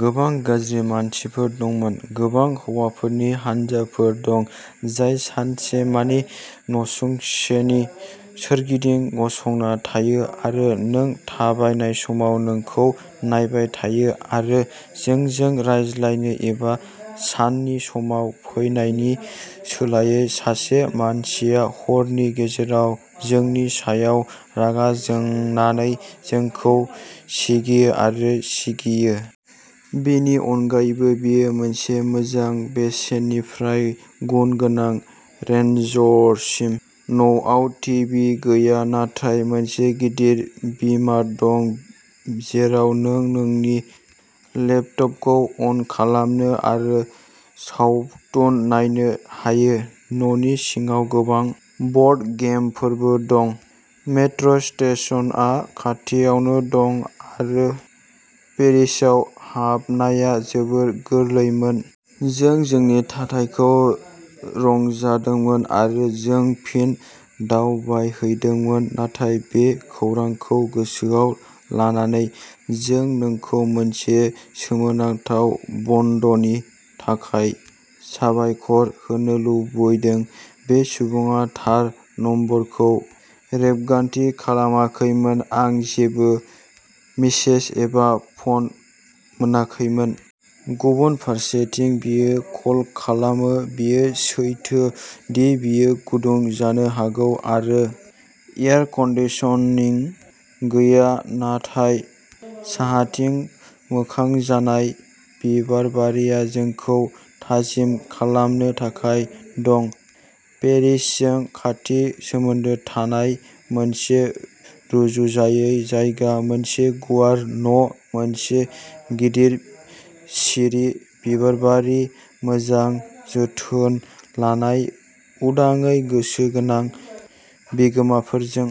गोबां गाज्रि मानसिफोर दंमोन। गोबां हौवाफोरनि हानजाफोर दं, जाय सानसेमानि नसुंसेनि सोरगिदिं गसंना थायो आरो नों थाबायनाय समाव नोंखौ नायबाय थायो। आरो जोंजों रायज्लायनो एबा साननि समाव फैनायनि सोलायै सासे मानसिया हरनि गेजेराव जोंनि सायाव रागा जोंनानै जोंखौ सिगियो आरो सिगियो। बेनि अनगायैबो बेयो मोनसे मोजां बेसेननिफ्राय गुन गोनां रेन्जसिम। न'आव टिभि गैया नाथाय मोनसे गिदिर बीमार दं जेराव नों नोंनि लेपटपखौ अन खालामनो आरो सावथुन नायनो हायो। न'नि सिङाव गोबां ब'र्डगेमफोरबो दं। मेट्र'स्टेशनआ खाथियावनो दं आरो पेरिसाव हाबनाया जोबोद गोरलैमोन। जों जोंनि थाथायखौ रंजादोंमोन आरो जों फिन दावबायहैदोंमोन नाथाय बे खौरांखौ गोसोआव लानानै। जों नोंखौ मोनसे सोमोनांथाव बन्दनि थाखाय साबायखर होनो लुबैदों। बे सुबुङा थार नम्बरखौ रेबगान्थि खालामाखैमोन, आं जेबो मेसेज एबा फ'न मोनाखैमोन। गुबुन फारसेथिं बियो कल खालामो। बेयो सैथो दि बेयो गुदुं जानो हागौ आरो एयार कन्दिसनिं गैया नाथाय साहाथिं मोखां जानाय बिबारबारिया जोंखौ थाजिम खालामनो थाखाय दं। पेरिसजों खाथि सोमोन्दो थानाय मोनसे रुजुजायै जायगा, मोनसे गुवार न', मोनसे गिदिर सिरि बिबारबारि मोजां जोथोन लानाय, उदाङै गोसो गोनां बिगोमाफोरजों।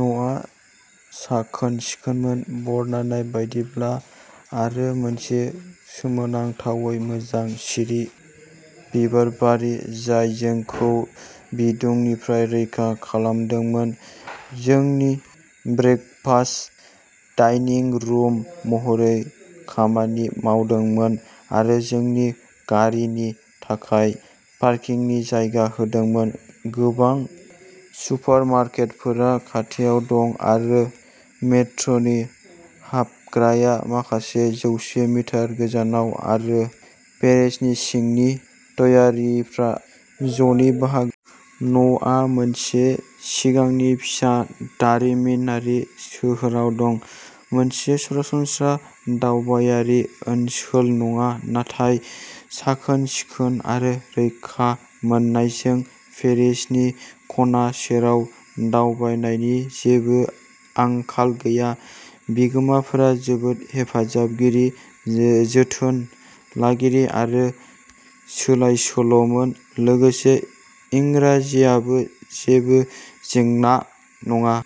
न'आ साखोन-सिखोनमोन, बरनायनाय बायदिब्ला आरो मोनसे सोमोनांथावै मोजां, सिरि बिबारबारि जाय जोंखौ बिदुंनिफ्राय रैखा खालामदोंमोन, जोंनि ब्रेकफास्ट/डाइनिं रुम महरै खामानि मावदोंमोन आरो जोंनि गारिनि थाखाय पार्किंनि जायगा होदोंमोन। गोबां सुपारमार्केटफोरा खाथियाव दं आरो मेट्र'नि हाबग्राया माखासे जौसे मिटार गोजानाव आरो पेरिसनि सिंनि ट्यारिफ जननि बाहागो। न'आ मोनसे सिगांनि फिसा दारिमिनारि सोहोराव दं। मोनसे सरासनस्रा दावबायारि ओनसोल नङा नाथाय साखोन-सिखोन आरो रैखा मोननायजों। पेरिसनि खना सेराव दावबायनायनि जेबो आंखाल गैया। बिगोमाफोरा जोबोद हेफाजाबगिरि, जोथोन लागिरि आरो सोलायसोल'मोन। लोगोसे इंराजिआबो जेबो जेंना नङा।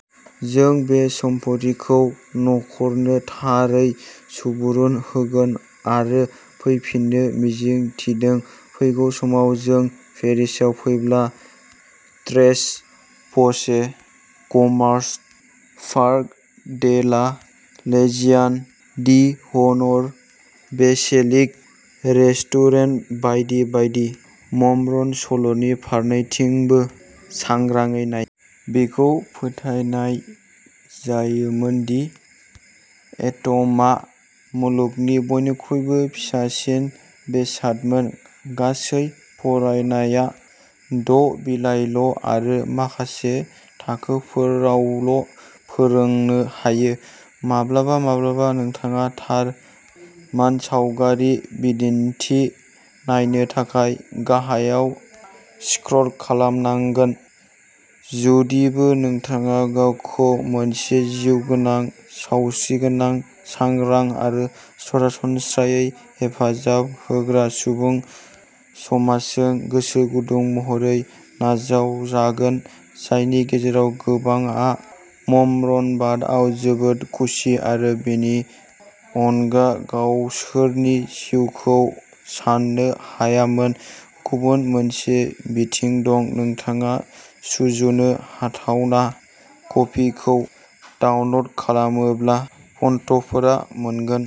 जों बे सम्फथिखौ न'खरनो थारै सुबुरुन होगोन आरो फैफिननो मिजिं थिदों, फैगौ समाव जों पेरिसाव फैब्ला। ट्रेस प्र'चे कमार्सेस, Parc de la Legion d'Honneur, बेसिलिक रेस्टुरेन्ट बायदि बायदि।... मर्मन सल'नि फारनैथिंबो सांग्राङै नाय। बेखौ फोथायनाय जायोमोन दि एट'मआ मुलुगनि बयनिख्रुइ फिसासिन बेसादमोन। गासै फरायनाया द'बिलाइल'आरो माखासे थाखोफोरावल'फोरोंनो हायो। माब्लाबा माब्लाबा नोंथाङा थार मानसावगारि बिदिन्थि नायनो थाखाय गाहायाव स्क्रल खालामनांगोन। जुदिबो नोंथाङा गावखौ मोनसे जिउगोनां सावस्रिगोनां, सांग्रां आरो सरासनस्रायै हेफाजाब होग्रा सुबुं समाजजों गोसो गुदुं महरै नाजावजागोन, जायनि गेजेराव गोबांआ मर्मनबादआव जोबोद खुसि आरो बेनि अनगा गावसोरनि जिउखौ सान्नो हायामोन, गुबुन मोनसे बिथिं दंः नोंथाङा सुजुनो हाथावना कपिखौ डाउनल'ड खालामोब्ला, फन्टफोरा मोनगोन।